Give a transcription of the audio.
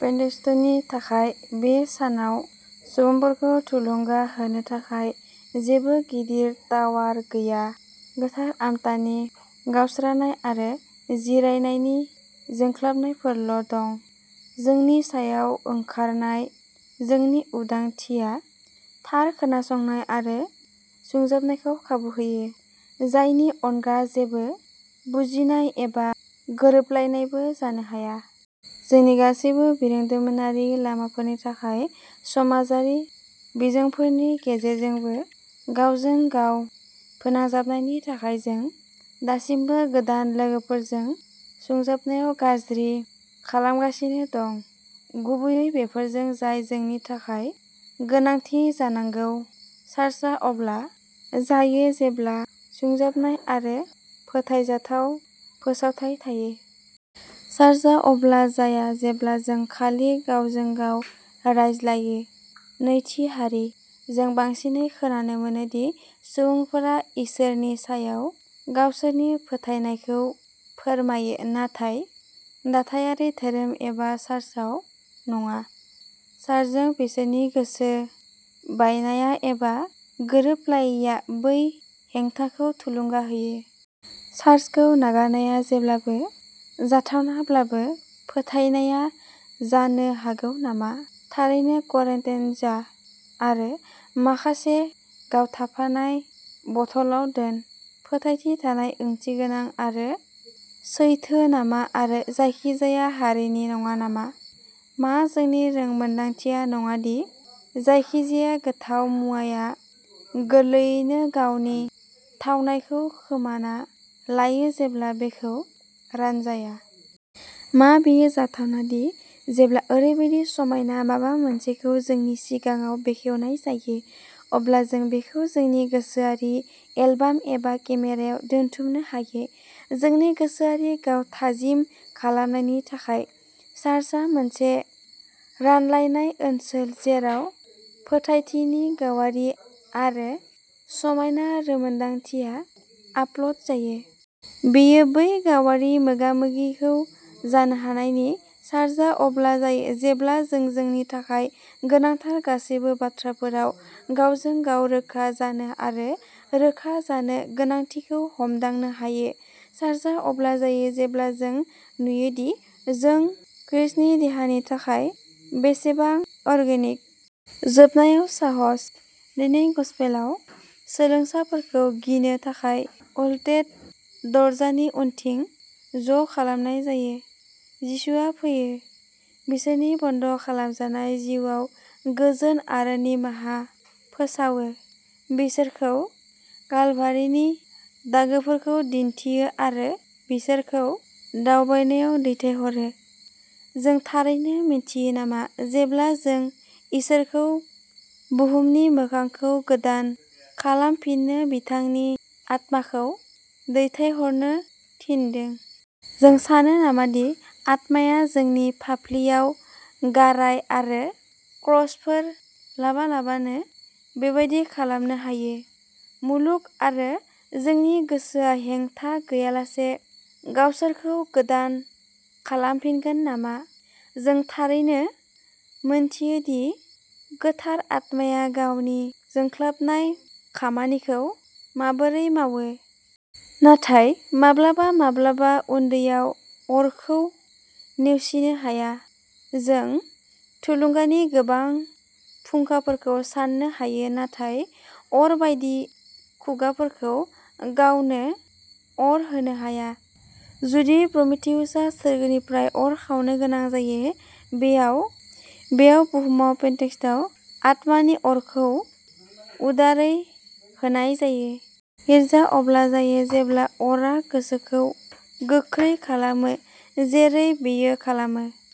पेन्टेकस्टनि थाखाय बे सानाव सुबुंफोरखौ थुलुंगा होनो थाखाय जेबो गिदिर टावार गैया। गोथार आत्मानि गावस्रानाय आरो जिरायनायनि जोंख्लाबनायफोरल' दं। जोंनि सायाव ओंखारनाय जोंनि उदांथिया थार खोनासंनाय आरो सुंजाबनायखौ खाबु होयो। जायनि अनगा जेबो बुजिनाय एबा गोरोबलायनायबो जानो हाया। जोंनि गासैबो बिरोंदामिनारि लामाफोरनि थाखाय समाजारि बिजोंफोरनि गेजेरजोंबो गावजों गाव फोनांजाबनायनि थाखाय जों दासिमबो गोदान लोगोफोरजों सुंजाबनायाव गाज्रि खालामगासिनो दं। गुबैयै बैफोरजों जाय जोंनि थाखाय गोनांथि जानांगौ। चार्चआ अब्ला जायो जेब्ला सुंजाबनाय आरो फोथायजाथाव फोसावथाय थायो। चार्चआ अब्ला जाया जेब्ला जों खालि गावजों गाव रायज्लायो। नैथि हारि। जों बांसिनै खोनानो मोनो दि सुबुंफोरा इसोरनि सायाव गावसोरनि फोथायनायखौ फोरमायो नाथाय दाथायारि धोरोम एबा चार्चआव नङा। चार्चजों बिसोरनि गोसो बायनाया एबा गोरोबलायैया बै हेंथाखौ थुलुंगा होयो। चार्चखौ नागारनाया जेब्लाबो जाथावनाब्लाबो फोथायनाया जानो हागौ नामा? थारैनो क्वारान्टाइन जा आरो माखासे गाव थाफानाय बथलआव दोन? फोथायथि थानाया ओंथिगोनां आरो सैथो नामा आरो जायखिजाया हारिनि नङा नामा? मा जोंनि रोंमोनदांथिया नङा दि जायखिजाया गोथाव मुवाया गोरलैयैनो गावनि थावनायखौ खोमाना लायो जेब्ला बेखौ रानजाया? मा बेयो जाथावना दि जेब्ला ओरैबायदि समायना माबा मोनसेखौ जोंनि सिगाङाव बेखेवनाय जायो। अब्ला जों बेखौ जोंनि गोसोआरि एलबाम एबा केमेरायाव दोनथुमनो हायो जोंनि गोसोआरि गाव थाजिम खालामनायनि थाखाय? चार्चआ मोनसे रानलायनाय ओनसोल जेराव फोथायथिनि गावारि आरो समायना रोंमोनदांथिया आपल'ड जायो। बेयो बै गावारि मोगा-मोगिखौ जानो हानायबो। चार्चआ अब्ला जायो जेब्ला जों जोंनि थाखाय गोनांथार गासैबो बाथ्राफोराव गावजों-गाव रोखा जानो आरो रोखा जानो गोनांथिखौ हमदांनो हायो। चार्चआ अब्ला जायो जेब्ला जों नुयोदि जों खृष्टनि देहानि थाखाय बेसेबां अर्गेनिक। जोबनायाव साहस। दिनै गसपेलआव सोलोंसाफोरखौ गिनो थाखाय ब'ल्टेड दरजानि उनथिं ज'खालामनाय जायो। जिसुआ फैयो। बिसोरनि बन्द' खालामजानाय जिउआव गोजोन आरो निमाहा फोसावो बिसोरखौ कालभारिनि दागोफोरखौ दिन्थियो आरो बिसोरखौ दावबायनायाव दैथायहरो। जों थारैनो मिनथियो नामा जेब्ला जों इसोरखौ बुहुमनि मोखांखौ गोदान खालामफिननो बिथांनि आत्माखौ दैथायहरनो थिनदों? जों सानो नामा दि आत्माया जोंनि फाफ्लियाव गाराय आरो क्रसफोर लाबालाबानो बेबादि खालामनो हायो? मुलुग आरो जोंनि गोसोआ हेंथा गैयालासे गावसोरखौ गोदान खालामफिनगोन नामा? जों थारैनो मिनथिया दि गोथार आत्माया गावनि जोंख्लाबनाय खामानिखौ माबोरै मावो। नाथाय माब्लाबा माब्लाबा उनदैयाव अरखौ नेवसिनो हाया। जों थुलुंगानि गोबां फुंखाफोरखौ साननो हायो। नाथाय अर बायदि खुगाफोरखौ गावनो अर होनो हाया। जुदि प्रमिथिउसआ सोरगोनिफ्राय अर खावनो गोनां जायो। बेयाव बुहुमाव पेन्टेकस्टआव आत्मानि अरखौ उदारै होनाय जायो। गिर्जा अब्ला जायो जेब्ला अरआ गोसोखौ गोख्रै खालामो जेरै बेयो खालामो।